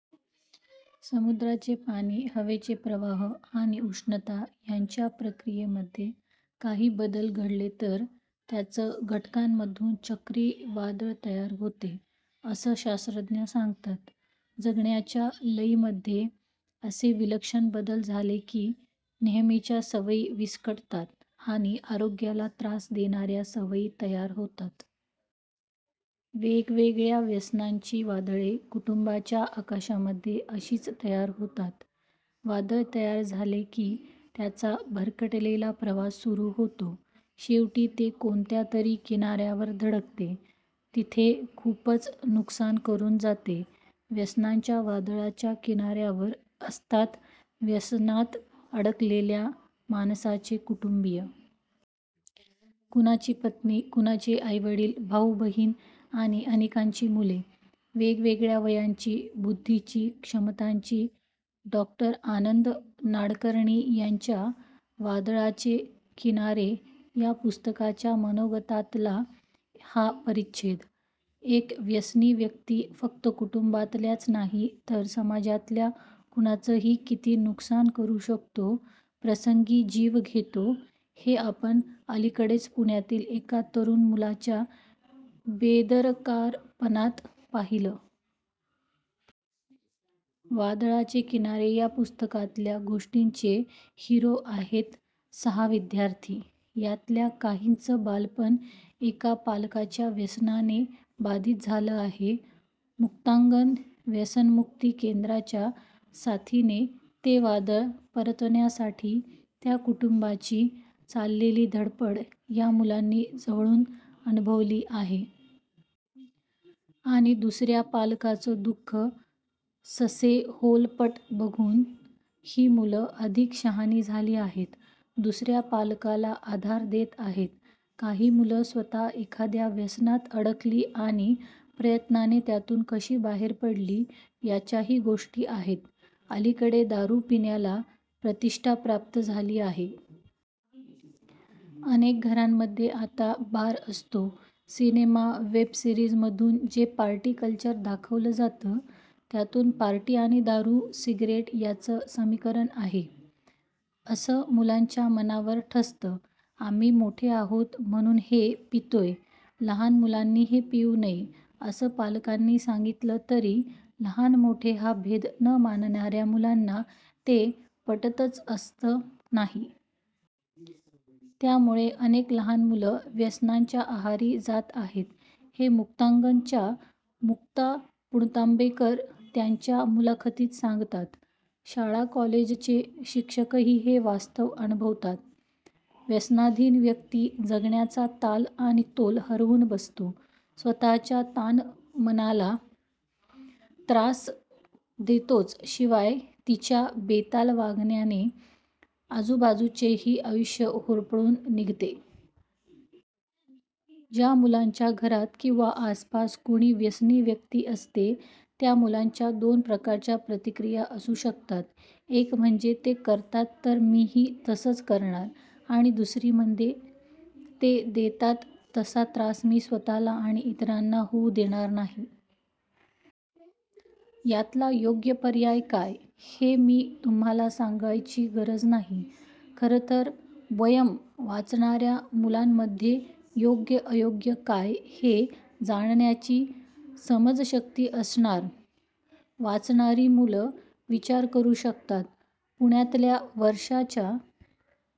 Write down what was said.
"समुद्राचे पाणी, हवेचे प्रवाह आणि उष्णता ह्यांच्या प्रक्रियेमध्ये काही बदल घडले तर त्याच घटकांमधून चक्रीवादळ तयार होते, असं शास्त्रज्ञ सांगतात. जगण्याच्या लयीमध्ये असे विलक्षण बदल झाले की, नेहमीच्या सवयी विस्कटतात आणि आरोग्याला त्रास देणाऱ्या सवयी तयार होतात. वेगवेगळ्या व्यसनांची वादळे, कुटुंबांच्या आकाशामध्ये अशीच तयार होतात. वादळ तयार झाले की, त्याचा भरकटलेला प्रवास सुरू होतो. शेवटी ते कोणत्यातरी किनाऱ्यावर धडकते. तिथे खूपच नुकसान करून जाते. व्यसनांच्या वादळाच्या किनाऱ्यावर असतात व्यसनात अडकलेल्या माणसाचे कुटुंबीय. कुणाची पत्नी, कुणाचे आई-वडील, भाऊ-बहिणी आणि अनेकांची मुले. वेगवेगळ्या वयांची, बुद्धीची, क्षमतांची. " डॉ. आनंद नाडकर्णी यांच्या 'वादळाचे किनारे' या पुस्तकाच्या मनोगतातला हा परिच्छेद. एक व्यसनी व्यक्ती फक्त कुटुंबातल्याच नाही, तर समाजातल्या कुणाचंही किती नुकसान करू शकते; प्रसंगी जीव घेते, हे आपण अलीकडेच पुण्यातील एका तरुण मुलाच्या बेदरकारपणात पाहिलं. 'वादळाचे किनारे' या पुस्तकातल्या गोष्टींचे हिरो आहेत सहा विद्यार्थी. यातल्या काहींचं बालपण एका पालकाच्या व्यसनाने बाधित झालं आहे. 'मुक्तांगण' व्यसनमुक्ती केंद्राच्या साथीने ते वादळ परतवण्यासाठी त्या कुटुंबांची चाललेली धडपड या मुलांनी जवळून अनुभवली आहे. आणि दुसऱ्या पालकाचं दु:ख, ससेहोलपट बघून ही मुलं अधिक शहाणी झाली आहेत, दुसऱ्या पालकाला आधार देत आहेत. काही मुलं स्वत: एखाद्या व्यसनात अडकली आणि प्रयत्नाने त्यातून कशी बाहेर पडली, याच्याही गोष्टी आहेत. अलीकडे दारू पिण्याला प्रतिष्ठा प्राप्त झाली आहे. अनेक घरांमध्ये आता बार असतो. सिनेमा, वेब सिरीजमधून जे पार्टी कल्चर दाखवलं जातं, त्यातून पार्टी आणि दारू, सिगरेट यांचं समीकरण आहे, असं मुलांच्या मनावर ठसतं. 'आम्ही मोठे आहोत, म्हणून हे पितोय, लहान मुलांनी हे पिऊ नये', असं पालकांनी सांगितलं तरी लहान-मोठे हा भेद न मानणाऱ्या मुलांना ते पटतंच असं नाही. त्यामुळे अनेक लहान मुलं व्यसनांच्या आहारी जात आहेत, हे 'मुक्तांगण'च्या मुक्ता पुणतांबेकर त्यांच्या मुलाखतीत सांगतात. शाळा-कॉलेजचे शिक्षकही हे वास्तव अनुभवतात. व्यसनाधीन व्यक्ती, जगण्याचा ताल आणि तोल हरवून बसते. स्वत:च्या तना-मनाला त्रास देतेच, शिवाय तिच्या बेताल वागण्याने आजूबाजूच्यांचेही आयुष्य होरपळून निघते. ज्या मुलांच्या घरात किंवा आसपास कोणी व्यसनी व्यक्ती असते, त्या मुलांच्या दोन प्रकारच्या प्रतिक्रिया असू शकतात. एक म्हणजे, ते करतात तर मीही तसंच करणार. आणि दुसरी म्हणजे, ते देतात तसा त्रास मी स्वत:ला आणि इतरांना होऊ देणार नाही. यातला योग्य पर्याय काय, हे मी तुम्हांला सांगायची गरज नाही. खरं तर 'वयम्' वाचणाऱ्या मुलांमध्ये योग्य-अयोग्य काय, हे जाणण्याची समजशक्ती असणार; वाचणारी मुलं विचार करू शकतात! पुण्यातल्या वर्षांच्या